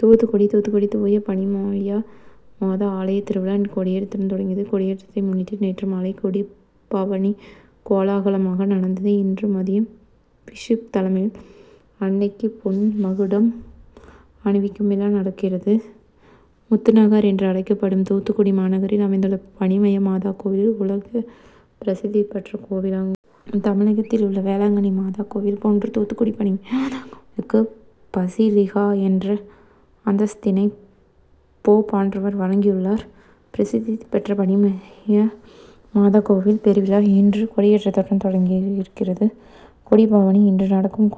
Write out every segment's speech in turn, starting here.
தூத்துக்குடி தூத்துக்குடி தூய பனிமய மாதா ஆலயத் திருவிழா இன்று கொடியேற்றத்துடன் தொடங்குகிறது. கொடியேற்றத்தை முன்னிட்டு நேற்று மாலை கொடிப்பவனி கோலாகலமாக நடந்தது. இன்று மதியம் பிஷப் தலைமையில் அன்னைக்கு பொன் மகுடம் அணிவிக்கும் விழா நடக்கிறது. முத்துநகர் என்று அழைக்கப்படும் தூத்துக்குடி மாநகரில் அமைந்துள்ள பனிமயமாதா கோவில் உலகப் பிரசித்தி பெற்ற கோவிலாகும். தமிழகத்தில் உள்ள வேளாங்கன்னி மாதா கோவில் போன்று தூத்துக்குடி பனிமய மாதா கோவிலுக்கு பசிலிகா என்ற அந்தஸ்தினை போப் ஆண்டவர் வழங்கியுள்ளார். பிரசித்தி பெற்ற பனிமய மாதா கோவில் பெருவிழா இன்று கொடியேற்றத்துடன் தொடங்குகிறது. கொடிபவனி இன்று நடக்கும்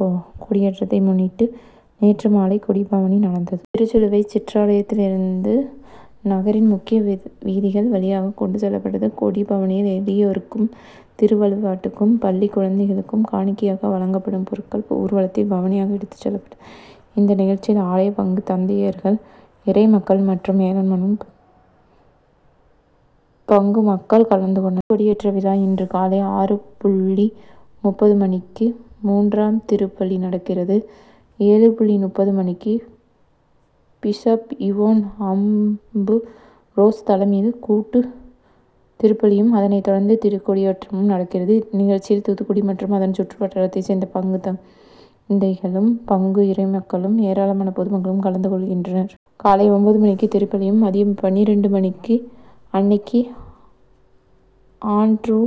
கொடியேற்றத்தை முன்னிட்டு நேற்று மாலை கொடிப்பவனி நடந்தது. திருச்சிலுவை சிற்றாலயத்திலிருந்து நகரின் முக்கிய வீதிகள் வழியாக கொண்டு செல்லப்பட்டது. கொடிப்பவனியில் எளியோருக்கும் திருவழிப்பாட்டுக்கும் பள்ளிக் குழந்தைகளுக்கும் காணிக்கையாக வழங்கப்படும் பொருட்கள் ஊர்வலத்தில் பவனியாக எடுத்துச் செல்லப்பட்டது. இந்த நிகழ்ச்சியில் ஆலய பங்கு தந்தையர்கள், இறை மக்கள் மற்றும் ஏராளமான பங்கு மக்கள் கலந்து கொண்டனர். திருக்கொடியேற்று விழா இன்று காலை ஆறு புள்ளி முப்பது மணிக்கு மூன்றாம் திருப்பலி நடக்கிறது. ஏழு புள்ளி முப்பது மணிக்கு பிஷப் இவோன் அம்புரோஸ் தலைமையில் கூட்டுத்திருப்பலியும் அதனை தொடர்ந்து திருக்கொடியேற்றமும் நடக்கிறது. இந்த நிகழ்ச்சியில் தூத்துக்குடி மற்றும் அதன் சுற்று வட்டாரத்தை சேர்ந்த பங்கு தந்தைகளும், பங்கு இறைமக்களும், ஏராளமான பொதுமக்களும் கலந்து கொள்கின்றனர். காலை ஒன்பது மணிக்கு திருப்பலியும் மதியம் பன்னிரண்டு மணிக்கு அன்னைக்கு ஆண்ட்ரூ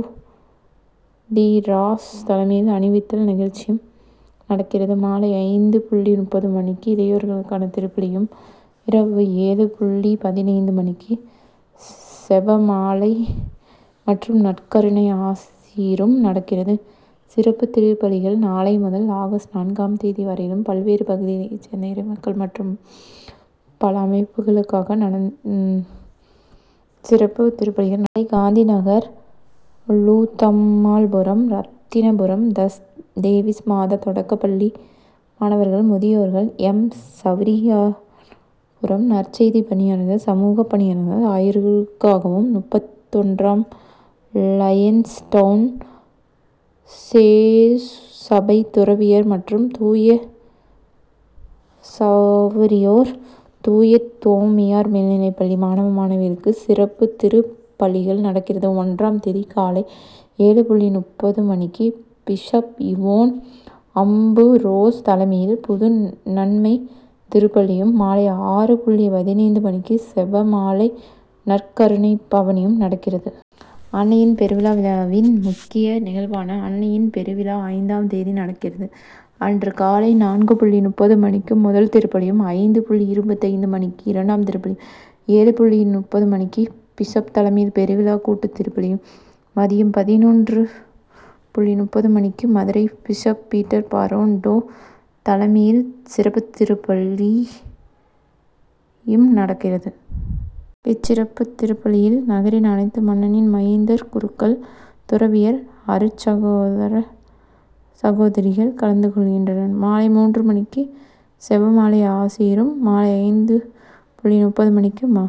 டி ராஸ் தலைமையில் அணிவித்தல் நிகழ்ச்சியும் நடக்கிறது. மாலை ஐந்து புள்ளி முப்பது மணிக்கு இளையோருக்கான திருப்பலியும், இரவு ஏழு புள்ளி பதினைந்து மணிக்கு செபமாலை மற்றும் நற்கருணை ஆசீரும் நடக்கிறது. சிறப்பு திருப்பலிகள் நாளை முதல் ஆகஸ்ட் நான்காம் தேதி வரையிலும் பல்வேறு பகுதிகளைச் சேர்ந்த இறைமக்கள் மற்றும் பல அமைப்புக்களுக்காக சிறப்பு திருப்பலிகள் நட நாளை காந்திநகர், லூர்தம்மாள்புரம், ரத்திரபுரம், தஸ்நேவிஸ்மாதா தொடக்க பள்ளி மாணவர்கள், முதியோர்கள், எம். சவேரியார்புரம், நற்செய்தி பணியாளர்கள், சமூகப் பணியாளர்கள் ஆகியோர்களுக்காகவும், முப்பத்தொன்றாம் லயன்ஸ் டவுன், சேசுசபை துறவியர் மற்றும் தூய சவேரியார், தூய தோமையார் மேல்நிலைப்பள்ளி மாணவ, மாணவிகளுக்காகவும் சிறப்பு திருப்பலிகள் நடக்கிறது. ஒன்றாம் தேதி காலை ஏழு புள்ளி முப்பது மணிக்கு பிஷப் இவோன் அம்புரோஸ் தலைமையில் புதுநன்மைத் திருப்பலியும், மாலை ஆறு புள்ளி பதினைந்து மணிக்கு செபமாலை, நற்கருணைப் பவனியும் நடக்கிறது. அன்னையின் பெருவிழா விழாவின் முக்கிய நிகழ்வான அன்னையின் பெருவிழா ஐந்தாம் தேதி நடக்கிறது. அன்று காலை நான்கு புள்ளி முப்பது மணிக்கு முதல் திருப்பலியும், ஐந்து புள்ளி இருபத்தைந்து மணிக்கு இரண்டாம் திருப்பலியும், ஏழு புள்ளி முப்பது மணிக்கு பிஷப் தலைமையில் பெருவிழா கூட்டுத் திருப்பலியும், மதியம் பதினொன்று புள்ளி முப்பது மணிக்கு Madurai bishop Peter Fernando தலைமையில் சிறப்பு பெருவிழா திருப்பலியும் நடக்கிறது. இந்த சிறப்பு திருப்பலியில் நகரின் அனைத்து மண்ணின் மைந்தர் குருக்கள், துறவியர், அருட்சகோதர, சகோதரிகள் கலந்து கொள்கின்றனர். மாலை மூன்று மணி க்கு செபமாலை, ஆசீரும், மாலை ஐந்து புள்ளி முப்பது மணிக்கு மா